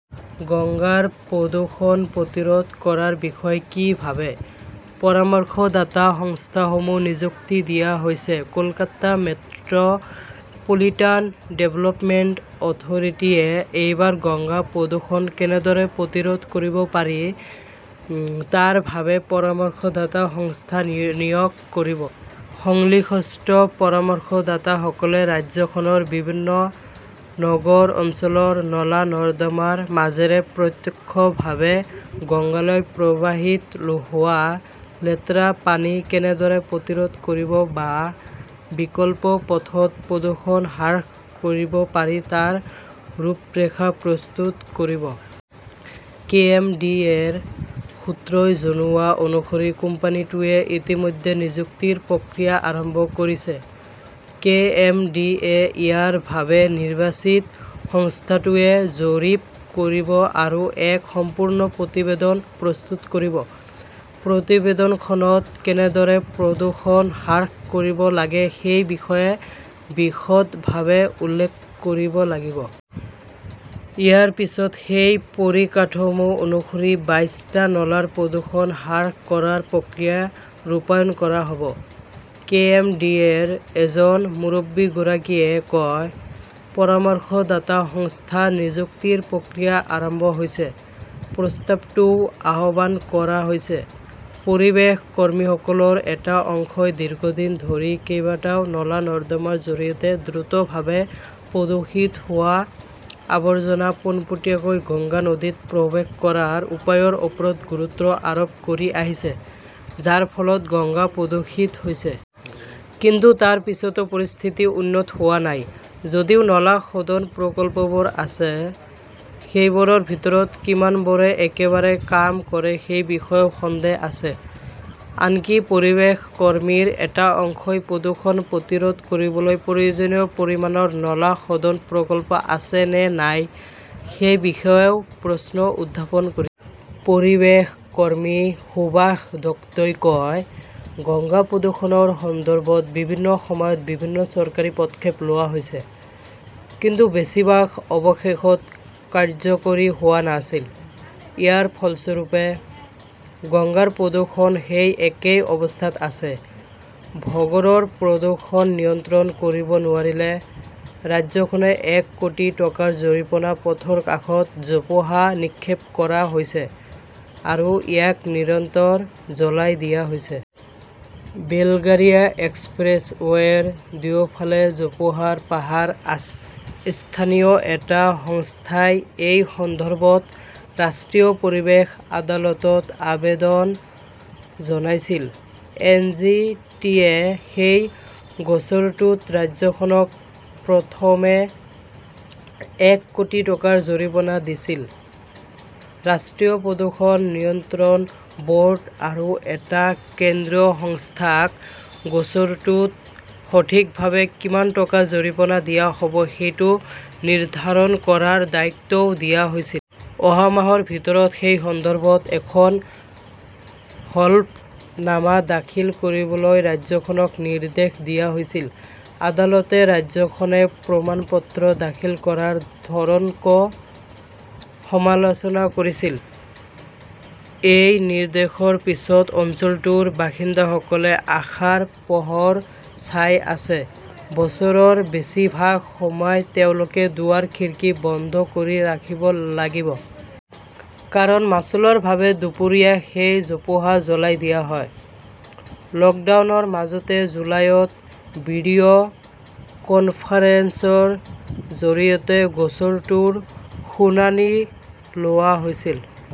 গংগাৰ প্ৰদূষণ প্ৰতিৰোধ কৰাৰ বিষয়ে কি ভাবে, পৰামৰ্শদাতা সংস্থাসমূহ নিযুক্তি দিয়া হৈছে Kolkata 'metropolitan development authority য়ে এইবাৰ গংগা প্ৰদূষণ কেনেদৰে প্ৰতিৰোধ কৰিব পাৰি তাৰ বাবে পৰামৰ্শদাতা সংস্থা নিয়োগ কৰিব। সংশ্লিষ্ট পৰামৰ্শদাতাসকলে ৰাজ্যখনৰ বিভিন্ন নগৰ অঞ্চলৰ নলা-নৰ্দমাৰ মাজেৰে প্ৰত্যক্ষভাৱে গংগালৈ প্ৰবাহিত হোৱা লেতেৰা পানী কেনেদৰে প্ৰতিৰোধ কৰিব বা বিকল্প পথত প্ৰদূষণ হ্ৰাস কৰিব পাৰি তাৰ ৰূপৰেখা প্ৰস্তুত কৰিব। কে. এম. ডি. এ. -ৰ সূত্ৰই জনোৱা অনুসৰি কোম্পানীটোৱে ইতিমধ্যে নিযুক্তিৰ প্ৰক্ৰিয়া আৰম্ভ কৰিছে। কে. এম. ডি. এ. ইয়াৰ বাবে নিৰ্বাচিত সংস্থাটোৱে জৰীপ কৰিব আৰু এক সম্পূৰ্ণ প্ৰতিবেদন প্ৰস্তুত কৰিব। প্ৰতিবেদনখনত কেনেদৰে প্ৰদূষণ হ্ৰাস কৰিব লাগে সেই বিষয়ে বিশদভাৱে উল্লেখ কৰিব লাগিব। ইয়াৰ পিছত সেই পৰিকাঠামো অনুসৰি বাইশটা নলাৰ প্ৰদূষণ হ্ৰাস কৰাৰ প্ৰক্ৰিয়া ৰূপায়ণ কৰা হ'ব। কে. এম. ডি. এ. -ৰ এজন মুৰব্বীগৰাকীয়ে কয়, পৰামৰ্শদাতা সংস্থা নিযুক্তিৰ প্ৰক্ৰিয়া আৰম্ভ হৈছে। প্ৰস্তাৱটোও আহ্বান কৰা হৈছে। পৰিৱেশ কৰ্মীসকলৰ এটা অংশই দীৰ্ঘদিন ধৰি কেইবাটাও নলা-নৰ্দমাৰ জৰিয়তে দ্ৰুতভাৱে প্ৰদূষিত হোৱা আৱৰ্জনা পোনপটীয়াকৈ গংগা নদীত প্ৰৱেশ কৰাৰ উপায়ৰ ওপৰত গুৰুত্ব আৰোপ কৰি আহিছে, যাৰ ফলত গংগা প্ৰদূষিত হৈছে। কিন্তু তাৰ পিছতো পৰিস্থিতি উন্নত হোৱা নাই। যদিও নলা শোধন প্ৰকল্পবোৰ আছে, সেইবোৰৰ ভিতৰত কিমানবোৰে একেবাৰে কাম কৰে সেই বিষয়েও সন্দেহ আছে। আনকি পৰিৱেশ কৰ্মীৰ এটা অংশই প্ৰদূষণ প্ৰতিৰোধ কৰিবলৈ প্ৰয়োজনীয় পৰিমাণৰ নলা শোধন প্ৰকল্প আছে নে নাই সেই বিষয়েও প্ৰশ্ন উত্থাপন কৰিছে। পৰিৱেশ কৰ্মী সুভাষ দত্তই কয়, গংগা প্ৰদূষণৰ সন্দৰ্ভত বিভিন্ন সময়ত বিভিন্ন চৰকাৰী পদক্ষেপ লোৱা হৈছে। কিন্তু বেছিভাগ অৱশেষত কাৰ্যকৰী হোৱা নাছিল। ইয়াৰ ফলস্বৰূপে, গংগাৰ প্ৰদূষণ সেই একেই অৱস্থাত আছে। ভগড়ৰ প্ৰদূষণ নিয়ন্ত্ৰণ কৰিব নোৱাৰিলে, ৰাজ্যখনে এক কোটি টকাৰ জৰিমনা পথৰ কাষত জোপোহা নিক্ষেপ কৰা হৈছে আৰু ইয়াক নিৰন্তৰ জ্বলাই দিয়া হৈছে। বেলগাৰিয়া এক্সপ্ৰেছৱে 'ৰ দুয়োফালে জোপোহাৰ পাহাৰ আছে। স্থানীয় এটা সংস্থাই এই সন্দৰ্ভত ৰাষ্ট্ৰীয় পৰিৱেশ আদালতত আবেদন জনাইছিল। এন. জি. টি. -য়ে সেই গোচৰটোত ৰাজ্যখনক প্ৰথমতে এক কোটি টকাৰ জৰিমনা দিছিল। ৰাষ্ট্ৰীয় প্ৰদূষণ নিয়ন্ত্ৰণ বৰ্ড আৰু এটা কেন্দ্ৰীয় সংস্থাক গোচৰটোত সঠিকভাৱে কিমান টকা জৰিমনা দিয়া হব সেইটো নিৰ্ধাৰণ কৰাৰ দায়িত্বও দিয়া হৈছে। অহা মাহৰ ভিতৰত এই সন্দৰ্ভত এখন হলফনামা দাখিল কৰিবলৈ ৰাজ্যখনক নিৰ্দেশ দিয়া হৈছে। আদালতে ৰাজ্যখনে প্ৰমাণপত্ৰ দাখিল কৰাৰ ধৰণকো সমালোচনা কৰিছিল। এই নিৰ্দেশৰ পিছত অঞ্চলটোৰ বাসিন্দাসকলে আশাৰ পোহৰ চাই আছে। বছৰৰ বেছিভাগ সময় তেওঁলোকে দুৱাৰ-খিৰিকী বন্ধ কৰি ৰাখিব লাগিব। কাৰণ, মাচুলৰ বাবে দুপৰীয়া সেই জোপোহা জ্বলাই দিয়া হয়। লকডাউনৰ মাজতে জুলাইত ভিডিঅ 'কনফাৰেন্সৰ জৰিয়তে গোচৰটোৰ শুনানি লোৱা হৈছিল।